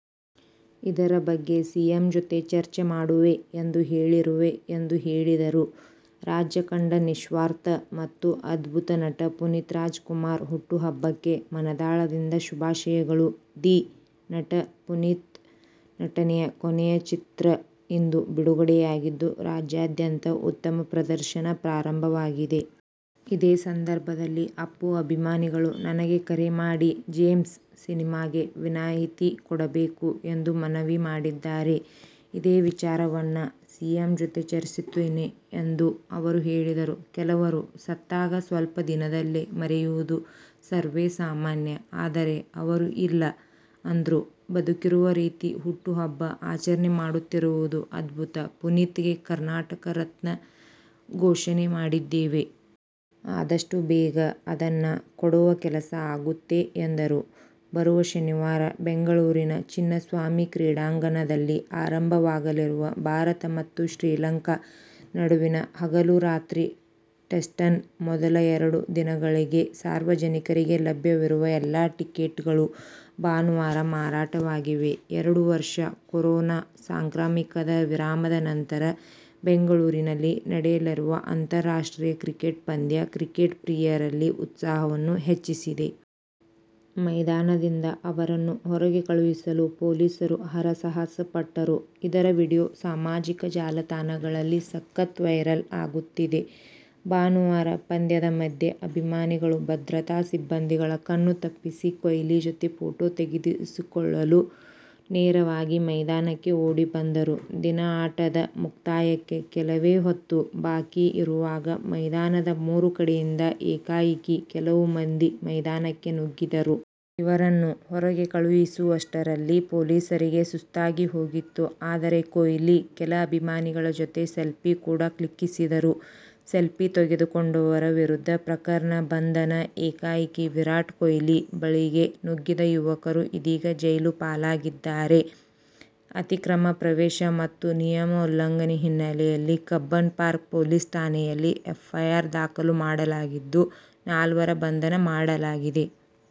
ಇದರ ಬಗ್ಗೆ ಸಿಎಂ ಜೊತೆ ಚರ್ಚೆ ಮಾಡುವೆ ಎಂದು ಹೇಳಿರುವೆ ಎಂದು ಹೇಳಿದರು. 'ರಾಜ್ಯ ಕಂಡ ನಿಸ್ವಾರ್ಥ ಮತ್ತು ಅಧ್ಭುತ ನಟ ಪುನೀತ್ ರಾಜ್ ಕುಮಾರ್ ಹುಟ್ಟು ಹಬ್ಬಕ್ಕೆ ಮನದಾಳದಿಂದ ಶುಭಾಶಯಗಳು.. ದಿ. ನಟ ಪುನೀತ್ ನಟನೆಯ ಕೊನೆಯ ಚಿತ್ರ ಇಂದು ಬಿಡುಗಡೆಯಾಗಿದ್ದು ರಾಜ್ಯಾದ್ಯಂತ ಉತ್ತಮ ಪ್ರದರ್ಶನ ಪ್ರಾರಂಭವಾಗಿದೆ. ಇದೇ ಸಂದರ್ಭದಲ್ಲಿ ಅಪ್ಪು ಅಭಿಮಾನಿಗಳು ನನಗೆ ಕರೆ ಮಾಡಿ ಜೇಮ್ಸ್ ಸಿನಿಮಾಗೆ ವಿನಾಯಿತಿ ಕೊಡಬೇಕು ಎಂದು ಮನವಿ ಮಾಡಿದ್ದಾರೆ, ಇದೇ ವಿಚಾರವನ್ನ ಸಿಎಂ ಜೊತೆ ಚರ್ಚಿಸುತ್ತೇನೆ ಎಂದು ಅವರು ಹೇಳಿದರು. ಕೆಲವರು ಸತ್ತಾಗ ಸ್ವಲ್ಪ ದಿನದಲ್ಲೆ ಮರೆಯುವುದು ಸರ್ವೇಸಾಮಾನ್ಯ, ಆದರೆ ಅವರು ಇಲ್ಲ ಅಂದ್ರು ಬದುಕಿರುವ ರೀತಿ ಹುಟ್ಟುಹಬ್ಬ ಆಚರಣೆ ಮಾಡುತ್ತಿರುವುದು ಅದ್ಭುತ, ಪುನೀತ್ ಗೆ ಕರ್ನಾಟಕ ರತ್ನ ಘೋಷಣೆ ಮಾಡಿದ್ದೇವೆ. ಆದಷ್ಟು ಬೇಗ ಅದನ್ನ ಕೊಡುವ ಕೆಲಸ ಆಗುತ್ತೆ ಎಂದರು. ಬರುವ ಶನಿವಾರ ಬೆಂಗಳೂರಿನ ಚಿನ್ನಸ್ವಾಮಿ ಕ್ರೀಡಾಂಗಣದಲ್ಲಿ ಆರಂಭವಾಗಲಿರುವ ಭಾರತ ಮತ್ತು ಶ್ರೀಲಂಕಾ ನಡುವಿನ ಹಗಲು-ರಾತ್ರಿ ಟೆಸ್ಟ್ನ ಮೊದಲ ಎರಡು ದಿನಗಳಿಗೆ ಸಾರ್ವಜನಿಕರಿಗೆ ಲಭ್ಯವಿರುವ ಎಲ್ಲಾ ಟಿಕೆಟ್ಗಳು ಭಾನುವಾರ ಮಾರಾಟವಾಗಿವೆ. ಎರಡು ವರ್ಷ ಕೊರೋನಾ ಸಾಂಕ್ರಾಮಿಕದ ವಿರಾಮದ ನಂತರ ಬೆಂಗಳೂರಿನಲ್ಲಿ ನಡೆಯಲಿರುವ ಅಂತಾರಾಷ್ಟ್ರೀಯ ಕ್ರಿಕೆಟ್ ಪಂದ್ಯ ಕ್ರಿಕೆಟ್ ಪ್ರಿಯರಲ್ಲಿ ಉತ್ಸಾಹವನ್ನು ಹೆಚ್ಚಿಸಿದೆ. ಮೈದಾನದಿಂದ ಅವರನ್ನು ಹೊರಗೆ ಕಳುಹಿಸಲು ಪೊಲೀಸರು ಹರಸಾಹಸ ಪಟ್ಟರು. ಇದರ ವಿಡಿಯೋ ಸಾಮಾಜಿಕ ಜಾಲತಾಣಗಳಲ್ಲಿ ಸಖತ್ ವೈರಲ್ ಆಗುತ್ತಿದೆ. ಭಾನುವಾರ ಪಂದ್ಯದ ಮಧ್ಯೆ ಅಭಿಮಾನಿಗಳು ಭದ್ರತಾ ಸಿಬ್ಬಂದಿಗಳ ಕಣ್ಣು ತಪ್ಪಿಸಿ ಕೊಹ್ಲಿ ಜೊತೆ ಫೋಟೋ ತೆಗೆಸಿಕೊಳ್ಳಲು ನೇರವಾಗಿ ಮೈದಾನಕ್ಕೆ ಓಡಿ ಬಂದರು. ದಿನದಾಟದ ಮುಕ್ತಾಯಕ್ಕೆ ಕೆಲವೇ ಹೊತ್ತು ಬಾಕಿ ಇರುವಾಗ ಮೈದಾನದ ಮೂರು ಕಡೆಯಿಂದ ಏಕಾಏಕಿ ಕೆಲ ಮಂದಿ ಮೈದಾನಕ್ಕೆ ನುಗ್ಗಿದರು. ಇವರನ್ನು ಹೊರಗೆ ಕಳುಹಿಸುವಷ್ಟರಲ್ಲಿ ಪೊಲೀಸರಿಗೆ ಸುಸ್ತಾಗಿ ಹೋಗಿತ್ತು. ಆದರೆ, ಕೊಹ್ಲಿ ಕೆಲ ಅಭಿಮಾನಿಗಳ ಜೊತೆ ಸೆಲ್ಫಿ ಕೂಡ ಕ್ಲಿಕ್ಕಿಸಿದರು. ಸೆಲ್ಫಿ ತೆಗೆದುಕೊಂಡವರ ವಿರುದ್ಧ ಪ್ರಕರಣ, ಬಂಧನ ಏಕಾಏಕಿ ವಿರಾಟ್ ಕೊಹ್ಲಿ ಬಳಿಗೆ ನುಗ್ಗಿದ್ದ ಯುವಕರು ಇದೀಗ ಜೈಲು ಪಾಲಾಗಿದ್ದಾರೆ. ಅತಿಕ್ರಮ ಪ್ರವೇಶ ಮತ್ತು ನಿಯಮ ಉಲ್ಲಂಘನೆ ಹಿನ್ನಲೆಯಲ್ಲಿ ಕಬ್ಬನ್ ಪಾರ್ಕ್ ಪೊಲೀಸ್ ಠಾಣೆಯಲ್ಲಿ ಎಫ್ಐಆರ್ ದಾಖಲು ಮಾಡಲಾಗಿದ್ದು ನಾಲ್ವರ ಬಂಧನ ಮಾಡಲಾಗಿದೆ.